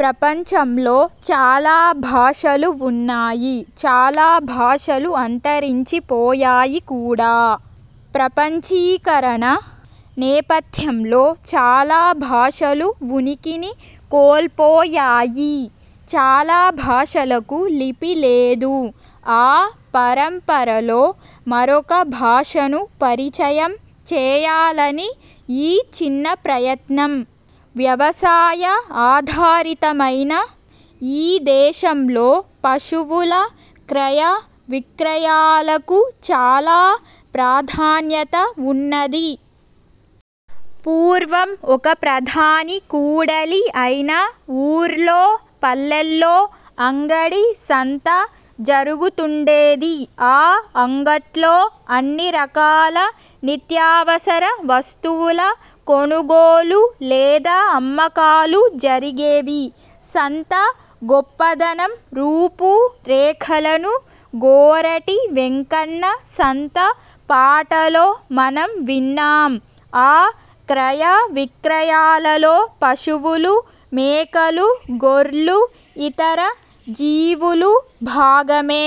ప్రపంచంలో చాలా భాషలు ఉన్నాయి. చాలా భాషలు అంతరించి పోయాయి కూడా. ప్రపంచీకరణ నేపథ్యంలో చాలా భాషలు ఉనికిని కోల్పోయాయి. చాలా భాషలకు లిపి లేదు. ఆ పరంపరలో మరొక భాషను పరిచయం చేయాలని ఈ చిన్న ప్రయత్నం. వ్యవసాయ ఆధారితమైన ఈ దేశంలో పశువుల క్రయ విక్రయాలకు చాలా ప్రాధాన్యత ఉన్నది. పూర్వం ఒక ప్రధాన కూడలి అయిన ఊర్లో, పల్లెల్లో అంగడి సంత జరుగుతుండేది. ఆ అంగట్లో అన్ని రకాల నిత్యావసర వస్తువుల కొనుగోలు లేదా అమ్మకాలు జరిగేవి. సంత గొప్పదనం, రూపు రేఖలను గోరటి వెంకన్న సంత పాటలో మనం విన్నాం. ఆ క్రయ విక్రయాలలో పశువులు, మేకలు, గొర్లు, ఇతర జీవులు భాగమే.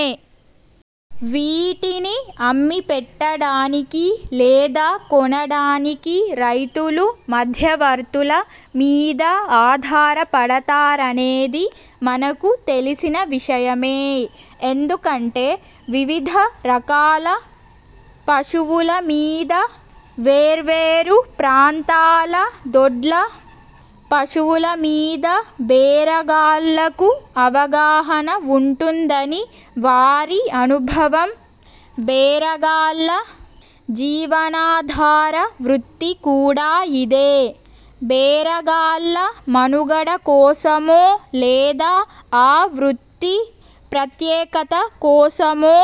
వీటిని అమ్మి పెట్టడానికి లేదా కొనడానికి రైతులు మధ్యవర్తుల మీద ఆధారపడతారనేది మనకు తెలిసిన విషయమే. ఎందుకంటే, వివిధ రకాల పశువులమీద, వేర్వేరు ప్రాంతాల దొడ్ల పశువులమీద బేరగాళ్ళకు అవగాహన ఉంటుందని వారి అనుభవం. బేరగాళ్ళ జీవనాధార వృత్తి కూడా ఇదే. బేరగాళ్ళ మనుగడ కోసమో, లేదా ఆ వృత్తి ప్రత్యేకత కోసమో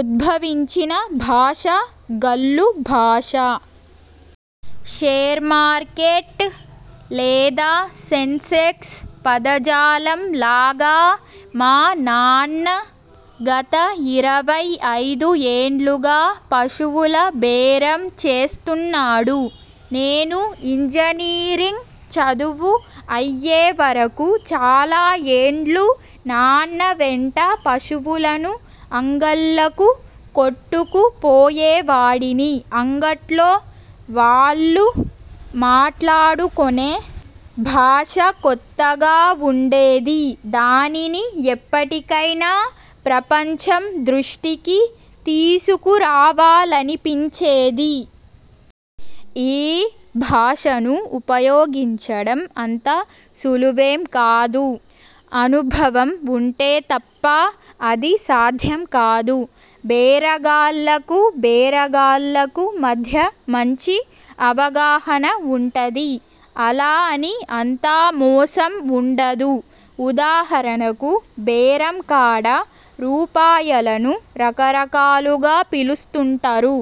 ఉద్భవించిన భాష 'గళ్లు భాష'. షేర్మార్కెట్ లేదా సెన్సెక్స్ పదజాలం లాగా. మా నాన్న గత ఇరవై ఐదు ఏండ్లుగా పశువుల బేరం చేస్తున్నాడు. నేను ఇంజనీరింగ్ చదువు అయ్యే వరకు చాలా ఏండ్లు నాన్నవెంట పశువులను అంగళ్ళకు కొట్టుకు పోయేవాడిని. అంగట్లో వాళ్ళు మాట్లాడుకొనే భాష కొత్తగా ఉండేది. దానిని ఎప్పటికైనా ప్రపంచం దృష్టికి తీసుకురావాలనిపించేది. ఈ భాషను ఉపయోగించడం అంత సులువేం కాదు. అనుభవం ఉంటే తప్ప అది సాధ్యం కాదు. బేరగాళ్ళకు, బేరగాళ్లకు మధ్య మంచి అవగాహన ఉంటది. అలా అని అంతా మోసం ఉండదు. ఉదాహరణకు బేరంకాడ రూపాయలను రకరకాలుగా పిలుస్తుంటరు.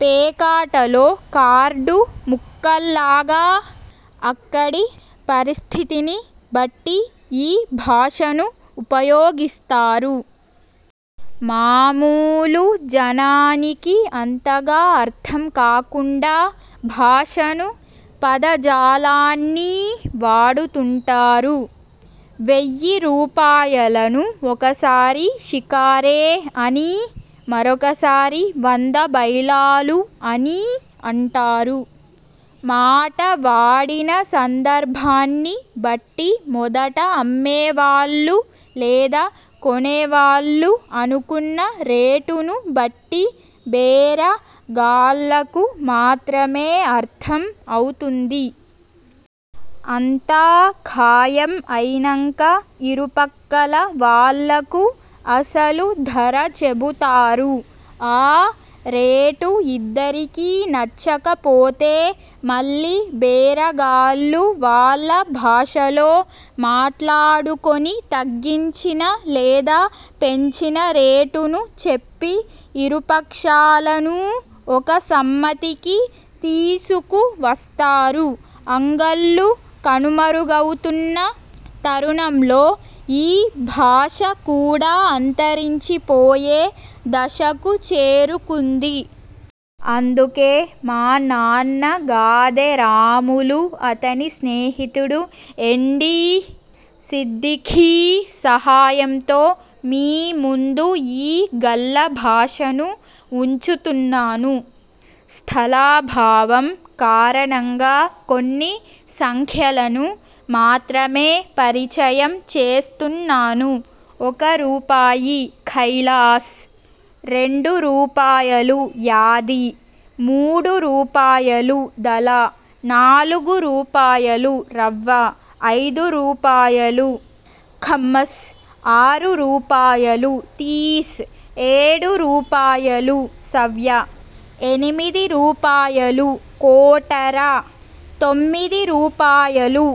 పేకాటలో కార్డు ముక్కల్లాగా అక్కడి పరిస్థితిని బట్టి ఈ భాషను ఉపయోగిస్తారు. మామూలు జనానికి అంతగా అర్థంకాకుండా భాషను, పదజాలాన్నీ వాడుతుంటారు. వెయ్యి రూపాయలను ఒకసారి 'శికారే' అనీ, మరొకసారి 'వంద బైలాలు' అనీ అంటారు. మాట వాడిన సందర్భాన్ని బట్టి మొదట అమ్మేవాళ్ళు లేదా కొనేవాళ్ళు అనుకున్న రేటును బట్టి బేర గాళ్లకు మాత్రమే అర్థం అవుతుంది. అంతా ఖాయం అయినంక ఇరుపక్కల వాళ్ళకు అసలు ధర చెబుతారు. ఆ రేటు ఇద్దరికీ నచ్చక పోతే మళ్ళీ బేరగాళ్ళు వాళ్ళ భాషలో మాట్లాడుకొని తగ్గించిన లేదా పెంచిన రేటును చెప్పి ఇరుపక్షాలనూ ఒక సమ్మతికి తీసుకు వస్తారు. అంగళ్లు కనుమరుగవుతున్న తరుణంలో ఈ భాష కూడా అంతరించిపోయే దశకు చేరుకుంది. అందుకే, మా నాన్న గాదె రాములు, అతని స్నేహితుడు ఎండీ సిద్దిఖీ సహాయంతో మీ ముందు ఈ గళ్ళ భాషను ఉంచుతున్నాను. స్థలాభావం కారణంగా కొన్ని సంఖ్యలను మాత్రమే పరిచయం చేస్తున్నాను. ఒక రూపాయి ,ఖైలాస్, రెండు రూపాయలు ,యాది, మూడురూపాయలు, దళ, నాలుగు రూపాయలు ,రవ్వ, ఐదు రూపాయలు ,ఖమ్మస్, ఆరు రూపాయలు ,తీస్, ఏడురూపాయలు ,సవ్య, ఎనిమిది రూపాయలు ,కోటర, తొమ్మిది రూపాయలు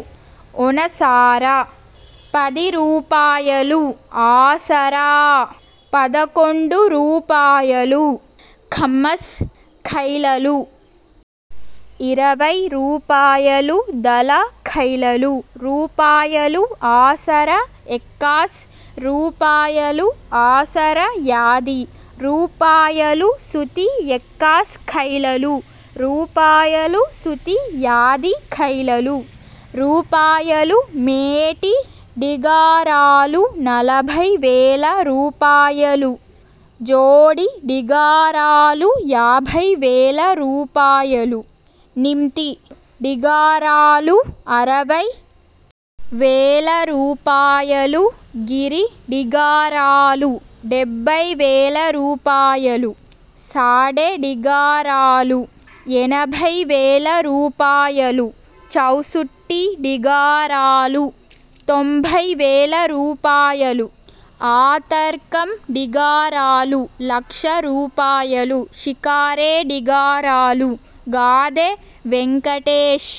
,ఒనసార, పది రూపాయలు ,ఆసరా పదకొండు రూపాయలు, ఖమ్మస్ ఖైలలు. ఇరవై రూపాయలు, దళ ఖైలలు, రూపాయలు ఆసర ఎక్కాస్, రూపాయలు ,ఆసర యాది, రూపాయలు ,సుతి ఎక్కాస్ ఖైలలు, రూపాయలు, సుతి యాది ఖైలలు, రూపాయలు ,మేటి డిగారాలు, నలభై వేల రూపాయలు, జోడి డిగారాలు, యాభై వేల రూపాయలు, నిమ్తి డిగారాలు, అరవై వేల రూపాయలు ,గిరి డిగారాలు, డెబ్బై వేల రూపాయలు ,సాడె డిగారాలు, ఎనభై వేల రూపాయలు ,చౌసుట్టి డిగారాలు, తొంభై వేల రూపాయలు ,ఆతర్కమ్ డిగారాలు, లక్ష రూపాయలు, శికారె డిగారాలు, గాదె వెంకటేశ్